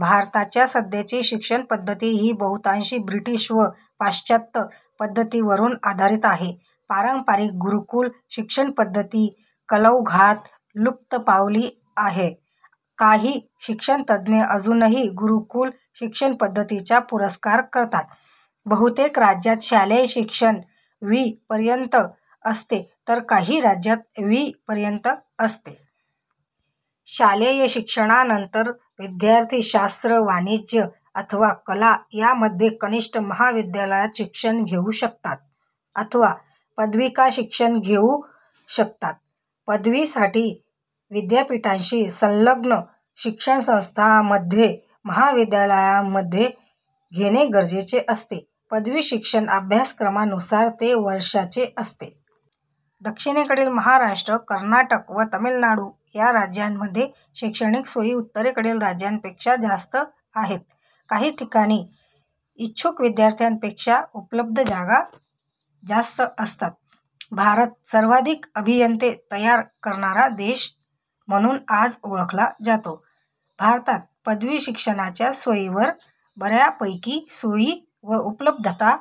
भारताच्या सध्याची शिक्षणपद्धती ही बहुतांशी ब्रिटिश व पाश्चात्य पद्धतीवरून आधारित आहे. पारंपारिक गुरूकूल शिक्षणपद्धती कालौघात लुप्त पावली आहे. काही शिक्षणतज्ञ अजूनही गुरूकूल शिक्षणपद्धतीचा पुरस्कार करतात. बहुतेक राज्यांत शालेय शिक्षण वी पर्यंत असते तर काही राज्यात वी पर्यंत असते. शालेय शिक्षणानंतर विद्यार्थी शास्त्र, वाणिज्य अथवा कला यामध्ये कनिष्ठ महाविद्यालयात शिक्षण घेऊ शकतात अथवा पदविका शिक्षण घेऊ शकतात. पदवीसाठी विद्यापीठाशी संलग्न शिक्षणसंस्थांमध्ये महाविद्यालयांमध्ये घेणे गरजेचे असते. पदवी शिक्षण अभ्यासक्रमानुसार ते वर्षाचे असते. दक्षिणेकडील महाराष्ट्र, कर्नाटक व तमिळनाडू या राज्यांमध्ये शैक्षणिक सोयी उत्तरेकडील राज्यांपेक्षा जास्त आहेत. काही ठिकाणी इच्छुक विद्यार्थ्यांपेक्षा उपलब्ध जागा जास्त असतात. भारत सर्वाधिक अभियंते तयार करणारा देश म्हणून आज ओळखला जातो. भारतात पदवी शिक्षणाच्या सोयींवर बऱ्यापैकी सोयी व उपलब्धता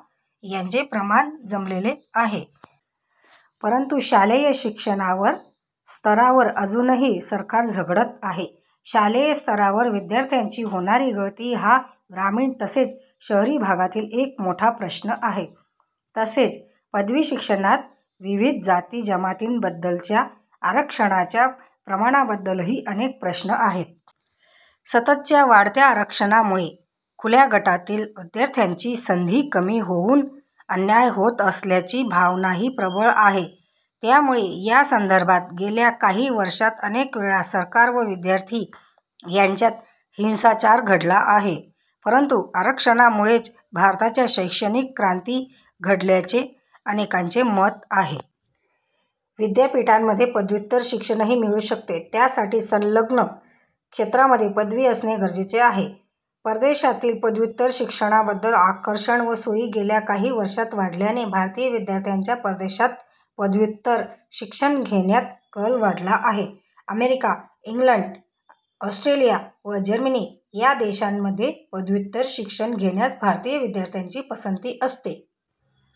यांचे प्रमाण जमलेले आहे. परंतु शालेय शिक्षणावर स्तरावर अजूनही सरकार झगडत आहे. शालेय स्तरावर विद्यार्थ्यांची होणारी गळती हा ग्रामीण तसेच शहरी भागातील एक मोठा प्रश्न आहे. तसेच पदवी शिक्षणात विविध जाती जमातींबद्दलच्या आरक्षणाच्या प्रमाणाबद्दलही अनेक प्रश्न आहेत. सततच्या वाढत्या आरक्षणामुळे खुल्या गटातील विद्यार्थ्यांच्या संधी कमी होउन अन्याय होत असल्याची भावनाही प्रबळ आहे, त्यामुळे या संदर्भात गेल्या काही वर्षात अनेक वेळा सरकार व विद्यार्थी यांच्यात हिंसाचार घडला आहे. परंतु आरक्षणामुळेच भारताच्या शैक्षणिक क्रांती घडल्याचे अनेकांचे मत आहे. विद्यापीठांमध्ये पदव्युत्तर शिक्षणही मिळू शकते त्यासाठी संलग्न क्षेत्रामध्ये पदवी असणे गरजेचे आहे. परदेशातील पदव्युत्तर शिक्षणाबद्दल आकर्षण व सोयी गेल्या काही वर्षात वाढल्याने भारतीय विद्यार्थ्यांचा परदेशात पदव्युत्तर शिक्षण घेण्यात कल वाढला आहे. अमेरिका, इंग्लंड, ऑस्ट्रेलिया व जर्मनी या देशांमध्ये पदव्युत्तर शिक्षण घेण्यास भारतीय विद्यार्थ्यांची पसंती असते.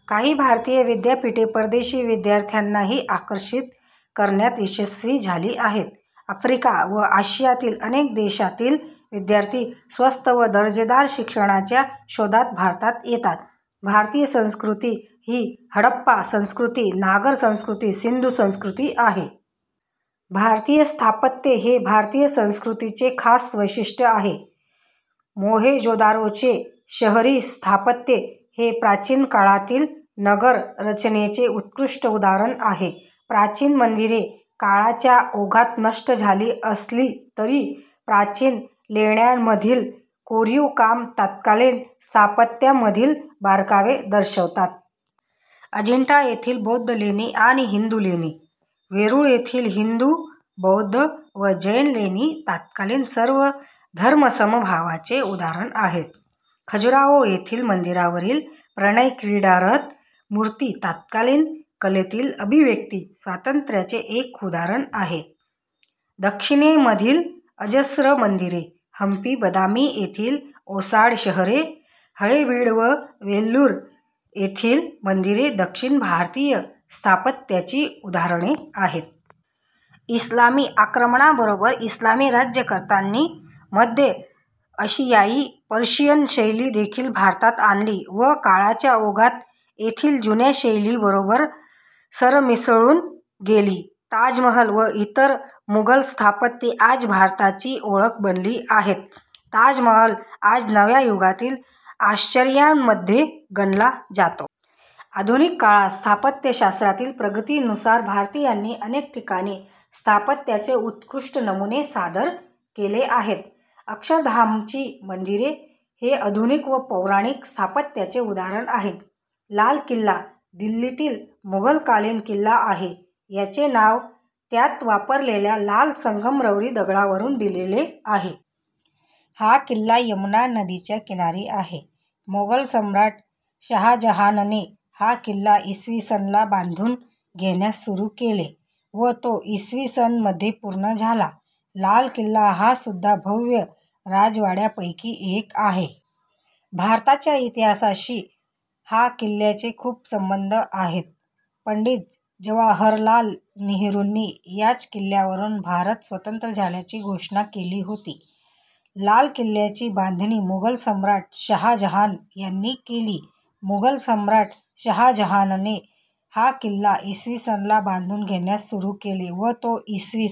काही भारतीय विद्यापीठे परदेशी विद्यार्थ्यांनाही आकर्षित करण्यात यशस्वी झाली आहेत. आफ्रिका व आशियातील अनेक देशातील विद्यार्थी स्वस्त व दर्जेदार शिक्षणाच्या शोधात भारतात येतात. भारतीय संस्कृती ही हडप्पा संस्कृती, नागर संस्कृती, सिंधू संस्कृती आहे. भारतीय स्थापत्य हे भारतीय संस्कृतीचे खास वैशिष्ट्य आहे. मोहेंजोदारोचे शहरी स्थापत्य हे प्राचीनकाळातील नगर रचनेचे उत्कृष्ट उदाहरण आहे. प्राचीन मंदिरे काळाच्या ओघात नष्ट झाली असली तरी, प्राचीन लेण्यांमधील कोरीव काम तत्कालीन स्थापत्यामधील बारकावे दर्शवतात. अजिंठा येथील बौद्ध लेणी आणि हिंदू लेणी, वेरूळ येथील हिंदू, बौद्ध व जैन लेणी तत्कालीन सर्वधर्मसमभावाचे उदाहरण आहे. खजुराहो येथील मंदिरांवरील प्रणयक्रीडारत मूर्ती तत्कालीन कलेतील अभिव्यक्ती स्वातंत्र्याचे एक उदाहरण आहे. दक्षिणेमधील अजस्त्र मंदिरे, हंपी बदामी येथील ओसाड शहरे, हळेबीड व वेलूर येथील मंदिरे दक्षिण भारतीय स्थापत्यांची उदाहरणे आहेत. इस्लामी आक्रमणाबरोबर इस्लामी राज्यकर्त्यांनी मध्य अशियाई, पर्शियन शैली देखील भारतात आणली व काळाच्या ओघात येथील जुन्या शैलीबरोबर सरमिसळून गेली. ताजमहाल व इतर मुघल स्थापत्ये आज भारताची ओळख बनली आहेत. ताजमहाल आज नव्या युगातील आश्चर्यांमध्ये गणला जातो. आधुनिक काळात स्थापत्यशास्त्रातील प्रगतीनुसार भारतीयांनी अनेक ठिकाणी स्थापत्याचे उत्कृष्ट नमुने सादर केले आहेत, अक्षरधामची मंदिरे हे आधुनिक व पौराणिक स्थापत्याचे उदाहरण आहे. लाल किल्ला दिल्लीतील मुघलकालीन किल्ला आहे. याचे नाव त्यात वापरलेल्या लाल संगमरवरी दगडावरून दिलेले आहे. हा किल्ला यमुना नदीच्या किनारी आहे. मोगल सम्राट शाहजहानने हा किल्ला इ. स. ला बांधून घेण्यास सुरू केले व तो इ. स. मध्ये पूर्ण झाला. लाल किल्ला हा सुद्धा भव्य राजवाडयापैकी एक आहे. भारताच्या इतिहासाशी हा किल्ल्याचे खुपच संबध आहेत. पंडित जवाहरलाल नेहरूंनी याच किल्ल्यावरून भारत स्वंतत्र झाल्याची घोषणा केली होती. लाल किल्ल्याची बांधणी मुघल सम्राट शाहजहान यांनी केली. मुघल सम्राट शाहजहानने हा किल्ला इ. स. ला बांधून घेण्यास सुरू केले व तो इ.